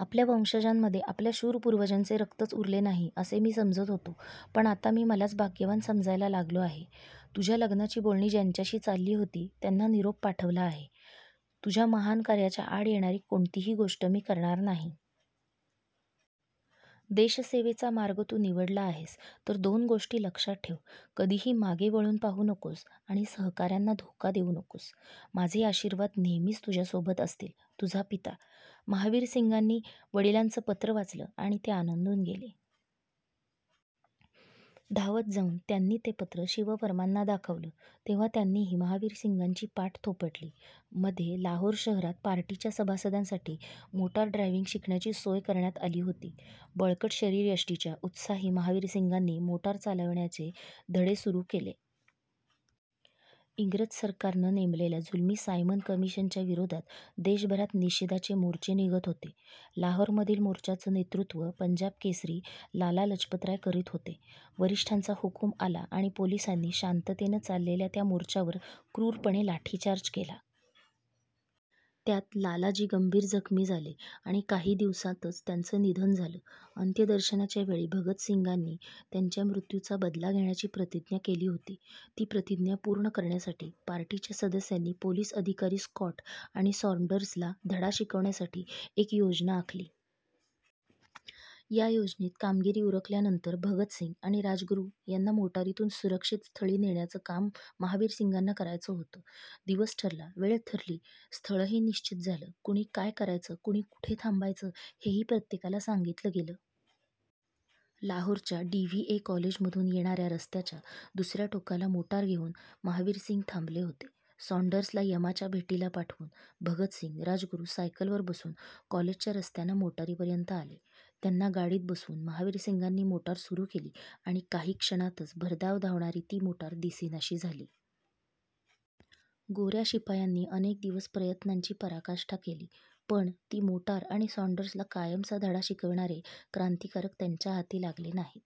आपल्या वंशजांमध्ये आपल्या शूर पूर्वजांचे रक्तच उरले नाही, असे मी समजत होतो. पण आता मी मलाच भाग्यवान समजायला लागलो आहे. तुझ्या लग्नाची बोलणी ज्यांच्याशी चालली होती, त्यांना निरोप पाठविला आहे. तुझ्या महान कार्याच्या आड येणारी कोणतीही गोष्ट मी करणार नाही. देशसेवेचा मार्ग तू निवडला आहेस तर दोन गोष्टी लक्षात ठेव. कधीही मागे वळून पाहू नकोस आणि सहका-यांना धोका देऊ नकोस. माझे आशीर्वाद नेहमीच तुझ्यासोबत असतील. तुझा पिता, महावीरसिंगांनी वडिलांचं पत्र वाचलं आणि ते आनंदून गेले. धावत जाऊन त्यांनी ते पत्र शिववर्मांना दाखवलं, तेव्हा त्यांनीही महावीरसिंगांची पाठ थोपटली. मध्ये लाहोर शहरात पार्टीच्या सभासदांसाठी मोटार ड्रायव्हिंग शिकण्याची सोय करण्यात आली होती. बळकट शरीरयष्टीच्या उत्साही महावीरसिंगांनी मोटार चालविण्याचे धडे सुरू केले. इंग्रज सरकारनं नेमलेल्या जुलमी सायमन कमिशनच्या विरोधात देशभरात निषेधाचे मोर्चे निघत होते. लाहोरमधील मोर्चाचं नेतृत्व पंजाब केसरी लाला लजपतराय करीत होते. वरिष्ठांचा हुकूम आला आणि पोलिसांनी शांततेनं चाललेल्या त्या मोर्चावर क्रूरपणे लाठीचार्ज केला. त्यात लालाजी गंभीर जखमी झाले आणि काही दिवसांतच त्यांचं निधन झालं. अंत्यदर्शनाच्या वेळी भगतसिंगांनी त्यांच्या मृत्यूचा बदला घेण्याची प्रतिज्ञा केली होती. ती प्रतिज्ञा पूर्ण करण्यासाठी पार्टीच्या सदस्यांनी पोलीस अधिकारी स्कॉट आणि साँडर्सला धडा शिकविण्यासाठी एक योजना आखली. या योजनेत कामगिरी उरकल्यानंतर भगतसिंग आणि राजगुरू यांना मोटारीतून सुरक्षित स्थळी नेण्याचं काम महावीरसिंगांना करायचं होतं. दिवस ठरला, वेळ ठरली, स्थळही निश्चित झालं. कुणी काय करायचं, कुणी कुठे थांबायचं, हेही प्रत्येकाला सांगितलं गेलं. लाहोरच्या डी. व्ही. ए. कॉलेजमधून येणा-या रस्त्याच्या दुस-या टोकाला मोटार घेऊन महावीरसिंग थांबले होते. साँडर्सला यमाच्या भेटीला पाठवून भगतसिंग, राजगुरू सायकलवर बसून कॉलेजच्या रस्त्यानं मोटारीपर्यंत आले. त्यांना गाडीत बसवून महावीरसिंगांनी मोटार सुरू केली आणि काही क्षणातच भरधाव धावणारी ती मोटार दिसेनाशी झाली. गो-या शिपायांनी अनेक दिवस प्रयत्नांची पराकाष्ठा केली, पण ती मोटार आणि साँडर्सला कायमचा धडा शिकविणारे क्रांतिकारक त्यांच्या हाती लागले नाहीत.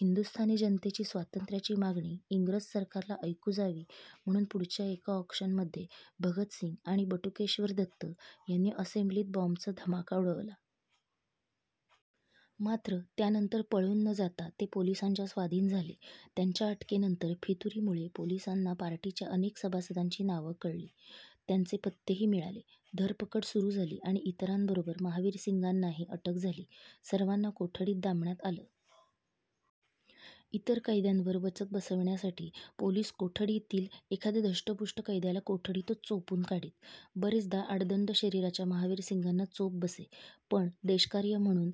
हिंदुस्थानी जनतेची स्वातंत्र्याची मागणी इंग्रज सरकारला ऐकू जावी म्हणून पुढच्या एका अॅक्शनमध्ये भगतसिंग आणि बटुकेश्वर दत्त यांनी असेंब्लीत बॉम्बचा धमाका उडवला. मात्र त्यानंतर पळून न जाता ते पोलिसांच्या स्वाधीन झाले. त्यांच्या अटकेनंतर फितुरीमुळे पोलिसांना पार्टीच्या अनेक सभासदांची नावं कळली. त्यांचे पत्तेही मिळाले. धरपकड सुरू झाली आणि इतरांबरोबर महावीरसिंगांनाही अटक झाली. सर्वांना कोठडीत डांबण्यात आलं. इतर कैद्यांवर वचक बसविण्यासाठी पोलीस कोठडीतील एखाद्या धष्टपुष्ट कैद्याला कोठडीतच चोपून काढीत. बरेचदा आडदंड शरीराच्या महावीरसिंगांना चोप बसे. पण देशकार्य म्हणून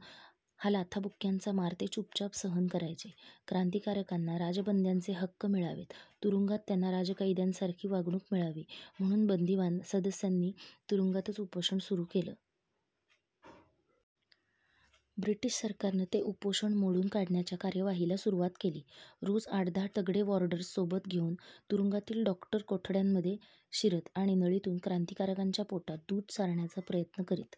हा लाथाबुक्क्यांचा मार ते चुपचाप सहन करायचे. क्रांतिकारकांना राजबंद्यांचे हक्क मिळावेत, तुरुंगात त्यांना राजकैद्यांसारखी वागणूक मिळावी म्हणून बंदिवान सदस्यांनी तुरुंगातच उपोषण सुरू केलं. ब्रिटीश सरकारनं ते उपोषण मोडून काढण्याच्या कार्यवाहीला सुरुवात केली. रोज आठ-दहा तगडे वॉर्डर्स सोबत घेऊन तुरुंगातील डॉक्टर कोठड्यांमध्ये शिरत आणि नळीतून क्रांतिकारकांच्या पोटात दूध सारण्याचा प्रयत्न करीत.